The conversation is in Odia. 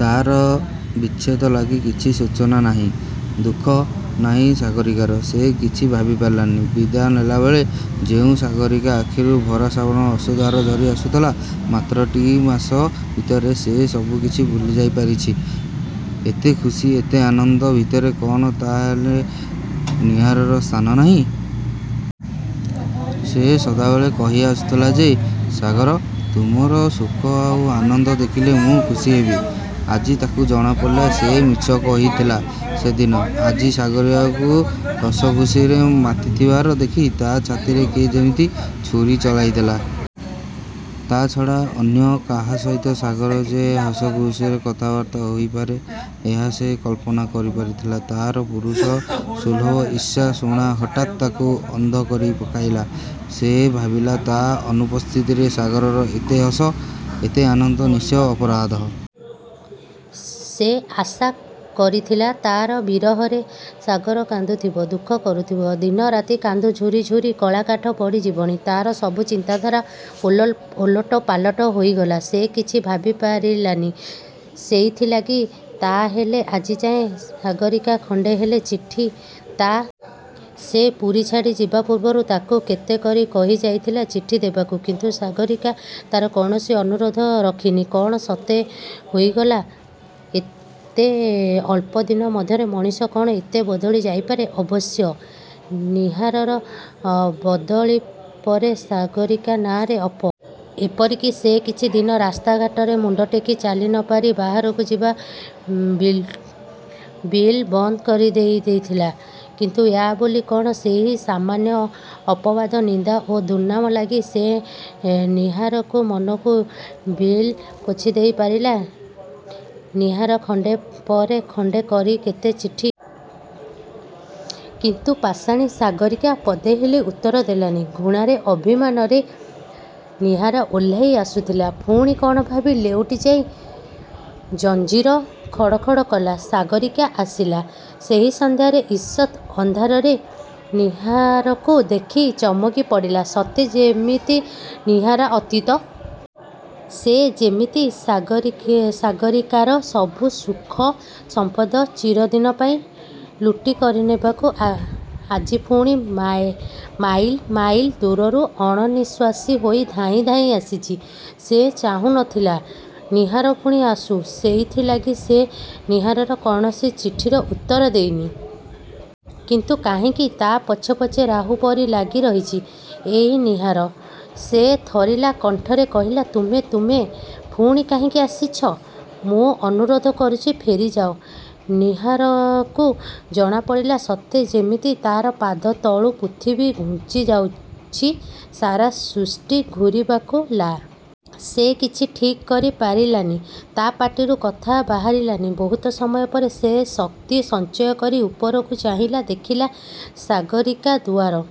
ତା'ର ବିଚ୍ଛେଦ ଲାଗି କିଛି ଶୋଚନା ନାହିଁ, ଦୁଃଖ ନାହିଁ ସାଗରୀକାର। ସେ କିଛି ଭାବିପାରିଲାନି। ବିଦାୟ ନେଲାବେଳେ ଯେଉଁ ସାଗରୀକା ଆଖିରୁ ଭରା ଶ୍ରାବଣର ଅଶ୍ରୁଧାରା ଝରି ଆସୁଥିଲା, ମାତ୍ର ଟି ମାସ ଭିତରେ ସେ ସବୁ କିଛି ଭୁଲିଯାଇ ପାରିଛି। ଏତେ ଖୁସି, ଏତେ ଆନନ୍ଦ ଭିତରେ କ'ଣ ତା'ହେଲେ ନୀହାରର ସ୍ଥାନ ନାହିଁ। ସେ ସଦାବେଳେ କହି ଆସିଥିଲା ଯେ ''ସାଗର–ତୁମର ସୁଖ ଆଉ ଆନନ୍ଦ ଦେଖିଲେ ମୁଁ ଖୁସି ହେବି। '' ଆଜି ତାକୁ ଜଣାପଡ଼ିଲା ସେ ମିଛ କହିଥିଲା ସେଦିନ। ଆଜି ସାଗରକୁ ହସଖୁସିରେ ମାତିଥିବାର ଦେଖି ତା' ଛାତିରେ କିଏ ଯେମିତି ଛୁରି ଚଳାଇ ଦେଲା। ତା'ଛଡ଼ା ଅନ୍ୟ କାହା ସହିତ ସାଗର ଯେ ହସଖୁସିରେ କଥାବାର୍ତ୍ତା ହୋଇପାରେ ଏହା ସେ କଳ୍ପନା କରିନଥିଲା। ତା'ର ପୁରୁଷ ସୁଲଭ ଈର୍ଷା ଘୁଣା ହଠାତ୍ ତାକୁ ଅନ୍ଧ କରି ପକାଇଲା। ସେ ଭାବିଲା ତା' ଅନୁପସ୍ଥିତିରେ ସାଗରର ଏତେ ହସ, ଏତେ ଆନନ୍ଦ ନିଶ୍ଚୟ ଅପରାଧ। ସେ ଆଶା କରିଥିଲା ତା'ର ବିରହରେ ସାଗର କାନ୍ଦୁଥିବ, ଦୁଃଖ କରୁଥିବ। ଦିନରାତି ତାକୁ ଝୁରି ଝୁରି କଳାକାଠ ପଡ଼ି ଯିବଣି। ତା'ର ସବୁ ଚିନ୍ତାଧାରା ଓଲଟ ପାଲଟ ହୋଇଗଲା। ସେ କିଛି ଭାବିପାରିଲାନି। ସେଇଥି ଲାଗି ତା'ହେଲେ ଆଜିଯାଏ ସାଗରୀକା ଖଣ୍ଡେ ହେଲେ ଚିଠି ତା' ପାଖକୁ ଦେଇନି। ସେ ପୁରୀ ଛାଡ଼ି ଯିବା ପୂର୍ବରୁ ତାକୁ କେତେ କରି କହିଯାଇଥିଲା ଚିଠି ଦେବାକୁ; କିନ୍ତୁ ସାଗରୀକା ତା'ର କୌଣସି ଅନୁରୋଧ ରଖିନି। କ'ଣ ସତେ ହୋଇଗଲା? ଏତେ ଅଳ୍ପଦିନ ମଧ୍ୟରେ; ମଣିଷ କ'ଣ ଏତେ ବଦଳି ଯାଇପାରେ? ଅବଶ୍ୟ ନୀହାରର ବଦଳି ପରେ ସାଗରୀକା ନାଁରେ ଅପବାଦର ମାତ୍ରା ଯଥେଷ୍ଟ ବଢ଼ିଯାଇଥିଲା। ଏପରିକି ସେ କିଛି ଦିନ ରାସ୍ତା ଘାଟରେ ମୁଣ୍ଡ ଟେକି ଚାଲିନପାରି ବାହାରକୁ ଯିବା ବିଲ୍କୁଲ୍ ବନ୍ଦ କରିଦେଇଥିଲା। କିନ୍ତୁ ୟା ବୋଲି କ'ଣ ସେଇ ସାମାନ୍ୟ ଅପବାଦ, ନିନ୍ଦା ଓ ଦୁର୍ନାମ ଲାଗି ସେ ନୀହାରକୁ ମନରୁ ବିଲ୍କୁଲ୍ ପୋଛିଦେଇ ପାରିଲା। ନୀହାର ଖଣ୍ଡେ ପରେ ଖଣ୍ଡେ କରି କେତେ ଚିଠି ନ ଲେଖିଛି। କିନ୍ତୁ ପାଷାଣୀ ସାଗରୀକା ପଦେ ହେଲେ ଉତ୍ତର ଦେଲାନି। ଘୃଣାରେ, ଅଭିମାନରେ ନୀହାର ଓହ୍ଲାଇ ଆସୁଥିଲା। ପୁଣି କ'ଣ ଭାବି ଲେଉଟି ଯାଇ ଜଞ୍ଜିର ଖଡ଼ ଖଡ଼ କଲା। ସାଗରୀକା ଆସିଲା। ସେଇ ସନ୍ଧ୍ୟାରେ ଈଷତ୍ ଅନ୍ଧାରରେ ନୀହାରକୁ ଦେଖି ଚମକି ପଡ଼ିଲା। ସତେ ଯେମିତି ନୀହାର ଅତୀତର ଏକ କଦାକାର ପ୍ରେତ। ସେ ଯେମିତି ସାଗରୀକାର ସବୁ ସୁଖ ସମ୍ପଦ ଚିରଦିନ ପାଇଁ ଲୁଟି କରିନେବାକୁ ଆଜି ପୁଣି ମାଇଲ୍ ମାଇଲ୍ ଦୂରରୁ ଅଣନିଃଶ୍ୱାସୀ ହୋଇ ଧାଇଁ ଧାଇଁ ଆସିଛି। ସେ ଚାହୁଁନଥିଲା ନୀହାର ପୁଣି ଆସୁ। ସେଇଥି ଲାଗି ସେ ନୀହାରର କୌଣସି ଚିଠିର ଉତ୍ତର ଦେଇନି। କିନ୍ତୁ କାହିଁକି ତା' ପଛେ ପଛେ ରାହୁ ପରି ଲାଗି ରହିଛି ଏଇ ନୀହାର। ସେ ଥରିଲା କଣ୍ଠରେ କହିଲା–''ତୁମେ–ତୁମେ ପୁଣି କାହିଁକି ଆସିଛ? ମୁଁ ଅନୁରୋଧ କରୁଛି ଫେରିଯାଅ। '' ନୀହାରକୁ ଜଣାପଡ଼ିଲା ସତେ ଯେମିତି ତା'ର ପାଦ ତଳୁ ପୃଥିବୀ ଘୁଞ୍ଚି ଯାଉଛି–ସାରା ସୃଷ୍ଟି ଘୂରିବାକୁ ଲାଗିଛି। ସେ କିଛି ଠିକ୍ କରି ପାରିଲାନି। ତା' ପାଟିରୁ କଥା ବାହରିଲାନି। ବହୁତ ସମୟ ପରେ ସେ ଶକ୍ତି ସଞ୍ଚୟ କରି ଉପରକୁ ଚାହିଁଲା। ଦେଖିଲା ସାଗରୀକା ଦୁଆର